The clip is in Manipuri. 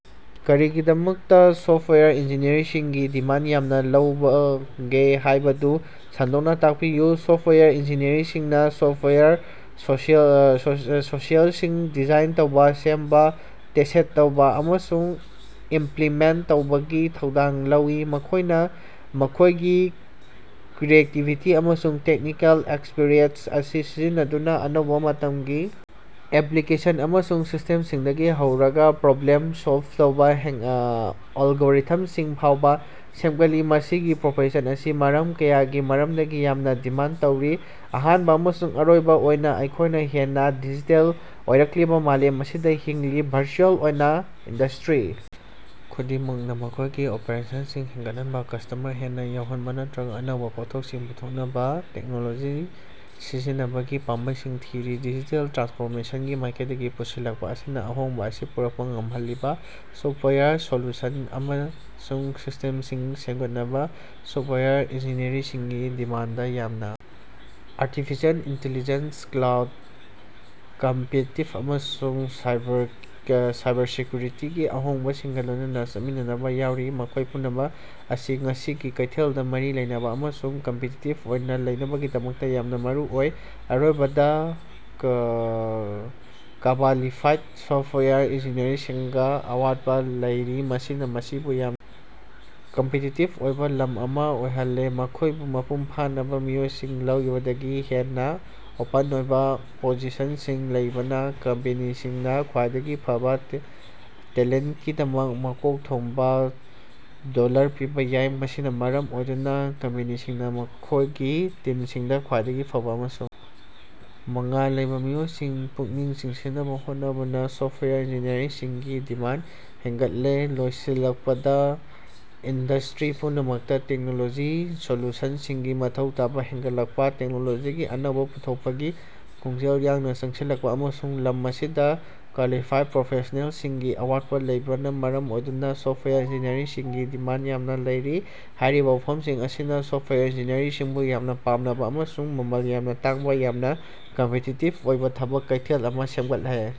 ꯀꯔꯤꯒꯤꯗꯃꯛꯇ ꯁꯣꯐꯇꯋꯥꯌꯔ ꯏꯟꯖꯤꯅꯤꯌꯔꯁꯤꯡꯒꯤ ꯗꯤꯃꯥꯟꯗ ꯌꯥꯝꯅ ꯂꯧꯕꯒꯦ ꯍꯥꯏꯕꯗꯨ ꯁꯟꯗꯣꯛꯅ ꯇꯥꯛꯄꯤꯌꯨ꯫ ꯁꯣꯐꯇꯋꯥꯌꯔ ꯏꯟꯖꯤꯅꯤꯌꯔꯁꯤꯡꯅ ꯁꯣꯐꯇꯋꯥꯌꯔ ꯁ‌ꯣꯁꯤꯌ‌ꯦꯜ ꯁꯣꯁꯤꯑ‌ꯦꯜꯁꯤꯡ ꯗꯤꯖꯥꯏꯟ ꯇꯧꯕ, ꯁꯦꯝꯕ, ꯇꯦꯁꯠ ꯇꯧꯕ ꯑꯃꯁꯨꯡ ꯏꯝꯄꯂꯤꯃꯦꯟꯇ ꯇꯧꯕꯒꯤ ꯊꯧꯗꯥꯡ ꯂꯧꯏ꯫ ꯃꯈꯣꯏꯅ ꯃꯈꯣꯏꯒꯤ ꯀ꯭ꯔꯤꯌꯦꯇꯤꯕꯤꯇꯤ ꯑꯃꯁꯨꯡ ꯇꯦꯛꯅꯤꯀꯦꯜ ꯑꯦꯛꯁꯄꯔꯇꯁꯤꯡ ꯑꯁꯤ ꯁꯤꯖꯤꯟꯅꯗꯨꯅ ꯑꯅꯧꯕꯥ ꯃꯇꯝꯒꯤ ꯑꯦꯄꯂꯤꯀꯦꯁꯟ ꯑꯃꯁꯨꯡ ꯁꯤꯁꯇꯦꯝꯁꯤꯡꯗꯒꯤ ꯍꯧꯔꯒ ꯄ꯭ꯔꯣꯕ꯭ꯂꯦꯝ ꯁꯣꯜꯕ ꯇꯧꯕ ꯑꯜꯒꯣꯔꯤꯊꯝꯁꯤꯡ ꯐꯥꯎꯕ ꯁꯦꯝꯒꯠꯂꯤ꯫ ꯃꯁꯤꯒꯤ ꯄ꯭ꯔꯣꯐꯦꯁꯟ ꯑꯁꯤ ꯃꯔꯝ ꯀꯌꯥꯒꯤ ꯃꯔꯝꯗꯒꯤ ꯌꯥꯝꯅ ꯗꯤꯃꯥꯟꯗ ꯇꯧꯔꯤ꯫ ꯑꯍꯥꯟꯕ ꯑꯃꯁꯨꯡ ꯑꯔꯣꯏꯕ ꯑꯣꯏꯅ, ꯑꯩꯈꯣꯏꯅ ꯍꯦꯟꯅ ꯗꯤꯖꯤꯇꯦꯜ ꯑꯣꯏꯔꯛꯂꯤꯕ ꯃꯥꯂꯦꯝ ꯑꯁꯤꯗ ꯍꯤꯡꯂꯤ꯫ ꯚꯔꯆꯨꯑꯦꯜ ꯑꯣꯏꯅ ꯏꯟꯗꯁ꯭ꯇꯔꯤ ꯈꯨꯗꯤꯡꯃꯛꯅ ꯃꯈꯣꯏꯒꯤ ꯑꯣꯄꯔꯦꯁꯟꯁꯤꯡ ꯍꯦꯟꯒꯠꯍꯟꯅꯕ, ꯀꯁ꯭ꯇꯃꯔ ꯍꯦꯟꯅ ꯌꯧꯍꯟꯅꯕ ꯅꯠꯇꯔꯒꯥ ꯑꯅꯧꯕꯥ ꯄꯣꯠꯊꯣꯛꯁꯤꯡ ꯄꯨꯊꯣꯛꯅꯕ ꯇꯦꯛꯅꯣꯂꯣꯖꯤ ꯁꯤꯖꯤꯟꯅꯕꯒꯤ ꯄꯥꯝꯕꯩꯁꯤꯡ ꯊꯤꯔꯤ꯫ ꯗꯤꯖꯤꯇꯦꯜ ꯇ꯭ꯔꯥꯟꯁꯐꯣꯔꯃꯦꯁꯟꯒꯤ ꯃꯥꯏꯀꯩꯗ ꯄꯨꯁꯤꯜꯂꯛꯄ ꯑꯁꯤꯅ ꯑꯍꯣꯡꯕꯁꯤꯡ ꯑꯁꯤ ꯄꯨꯔꯛꯄ ꯉꯝꯍꯜꯂꯤꯕ ꯁꯣꯐꯋꯦꯌꯔ ꯁꯣꯂꯨꯁꯟꯁꯤꯡ ꯑꯃꯁꯨꯡ ꯁꯤꯁ꯭ꯇꯦꯝꯁꯤꯡ ꯁꯦꯝꯒꯠꯅꯕ ꯁꯣꯐꯋꯦꯌꯔ ꯏꯟꯖꯤꯅꯤꯌꯔꯁꯤꯡꯒꯤ ꯗꯤꯃꯥꯟꯗ ꯌꯥꯝꯅ ꯑꯥꯔꯇꯤꯐꯤꯁꯤꯑꯦꯜ ꯏꯟꯇꯤꯂꯤꯖꯦꯟꯁ, ꯀ꯭ꯂꯥꯎꯗ ꯀꯝꯄ꯭‌ꯦꯇꯤꯞ, ꯑꯃꯁꯨꯡ ꯁꯥꯏꯕꯔ ꯁꯥꯏꯕꯔꯁꯦꯀ꯭ꯌꯨꯔꯤꯇꯤꯒꯤ ꯑꯍꯣꯡꯕꯁꯤꯡꯒ ꯂꯣꯏꯅꯅ ꯆꯠꯃꯤꯟꯅꯕ ꯌꯥꯎꯔꯤ, ꯃꯈꯣꯏ ꯄꯨꯝꯅꯃꯛ ꯑꯁꯤ ꯉꯁꯤꯒꯤ ꯀꯩꯊꯦꯜꯗ ꯃꯔꯤ ꯂꯩꯅꯕ ꯑꯃꯁꯨꯡ ꯀꯝꯄꯤꯇꯤꯇꯤꯕ ꯑꯣꯏꯅ ꯂꯩꯅꯕꯒꯤꯗꯃꯛꯇ ꯌꯥꯝꯅ ꯃꯔꯨ ꯑꯣꯏ꯫ ꯑꯔꯣꯏꯕꯗ, ꯀ꯭ꯕꯥꯂꯤꯐꯥꯏꯗ ꯁꯣꯐꯋꯦꯌꯔ ꯏꯟꯖꯤꯅꯤꯌꯔꯁꯤꯡꯒꯤ ꯑꯋꯥꯠꯄꯥ ꯂꯩꯔꯤ, ꯃꯁꯤꯅ ꯃꯁꯤꯕꯨ ꯌꯥꯝꯅ ꯀꯝꯄꯤꯇꯤꯇꯤꯕ ꯑꯣꯏꯕ ꯂꯝ ꯑꯃ ꯑꯣꯏꯍꯜꯂꯦ꯫ ꯃꯈꯣꯏꯕꯨ ꯃꯄꯨꯡ ꯐꯥꯅꯕ ꯃꯤꯑꯣꯏꯁꯤꯡ ꯂꯧꯕꯗꯒꯤ ꯍꯦꯟꯅ ꯑꯣꯄꯟ ꯑꯣꯏꯕ ꯄꯣꯖꯤꯁꯟꯁꯤꯡ ꯂꯩꯕꯅ ꯀꯝꯄꯦꯅꯤꯁꯤꯡꯅ ꯈ꯭ꯋꯥꯏꯗꯒꯤ ꯐꯕ ꯇꯦꯂꯦꯟꯇꯀꯤꯗꯃꯛ ꯃꯀꯣꯛ ꯊꯣꯡꯕ ꯗꯣꯜꯂꯔ ꯄꯤꯕꯥ ꯌꯥꯏ꯫ ꯃꯁꯤꯅ ꯃꯔꯝ ꯑꯣꯏꯗꯨꯅ ꯀꯝꯄꯦꯅꯤꯁꯤꯡꯅ ꯃꯈꯣꯏꯒꯤ ꯇꯤꯝꯁꯤꯡꯗ ꯈ꯭ꯋꯥꯏꯗꯒꯤ ꯐꯕ ꯑꯃꯁꯨꯡ ꯃꯉꯥꯜ ꯂꯩꯕ ꯃꯤꯑꯣꯏꯁꯤꯡ ꯄꯨꯛꯅꯤꯡ ꯆꯤꯡꯁꯤꯟꯅꯕ ꯍꯣꯠꯅꯕꯅ ꯁꯣꯐꯋꯦꯌꯔ ꯏꯟꯖꯤꯅꯤꯌꯔꯁꯤꯡꯒꯤ ꯗꯤꯃꯥꯟꯗ ꯍꯦꯟꯒꯠꯂꯦ꯫ ꯂꯣꯏꯁꯤꯜꯂꯛꯄꯗ, ꯏꯟꯗꯁ꯭ꯇꯔꯤ ꯄꯨꯝꯅꯃꯛꯇ ꯇꯦꯛꯅꯣꯂꯣꯖꯤ ꯁꯣꯂꯨꯁꯟꯁꯤꯡꯒꯤ ꯃꯊꯧ ꯇꯥꯕ ꯍꯦꯟꯒꯠꯂꯛꯄ, ꯇꯦꯛꯅꯣꯂꯣꯖꯤꯒꯤ ꯑꯅꯧꯕꯥ ꯄꯨꯊꯣꯛꯄꯒꯤ ꯈꯣꯡꯖꯦꯜ ꯌꯥꯡꯅ ꯆꯪꯁꯤꯜꯂꯛꯄ, ꯑꯃꯁꯨꯡ ꯂꯝ ꯑꯁꯤꯗ ꯀ꯭ꯋꯥꯂꯤꯐꯥꯏꯗ ꯄ꯭ꯔꯣꯐꯦꯁ꯭ꯅꯦꯜꯁꯤꯡꯒꯤ ꯑꯋꯥꯠꯄ ꯂꯩꯕꯅ ꯃꯔꯝ ꯑꯣꯏꯗꯨꯅ ꯁꯣꯐꯋꯦꯌꯔ ꯏꯟꯖꯤꯅꯤꯌꯔꯁꯤꯡꯒꯤ ꯗꯤꯃꯥꯟꯗ ꯌꯥꯝꯅ ꯂꯩꯔꯤ꯫ ꯍꯥꯏꯔꯤꯕ ꯋꯥꯐꯝꯁꯤꯡ ꯑꯁꯤꯅ ꯁꯣꯐꯋꯦꯌꯔ ꯏꯟꯖꯤꯅꯤꯌꯔꯁꯤꯡꯕꯨ ꯌꯥꯝꯅ ꯄꯥꯝꯅꯕ ꯑꯃꯁꯨꯡ ꯃꯃꯜ ꯌꯥꯝꯅ ꯇꯥꯡꯕ ꯌꯥꯝꯅ ꯀꯝꯄꯤꯇꯤꯇꯤꯕ ꯑꯣꯏꯕ ꯊꯕꯛ ꯀꯩꯊꯦꯜ ꯑꯃ ꯁꯦꯝꯒꯠꯂꯦ꯫।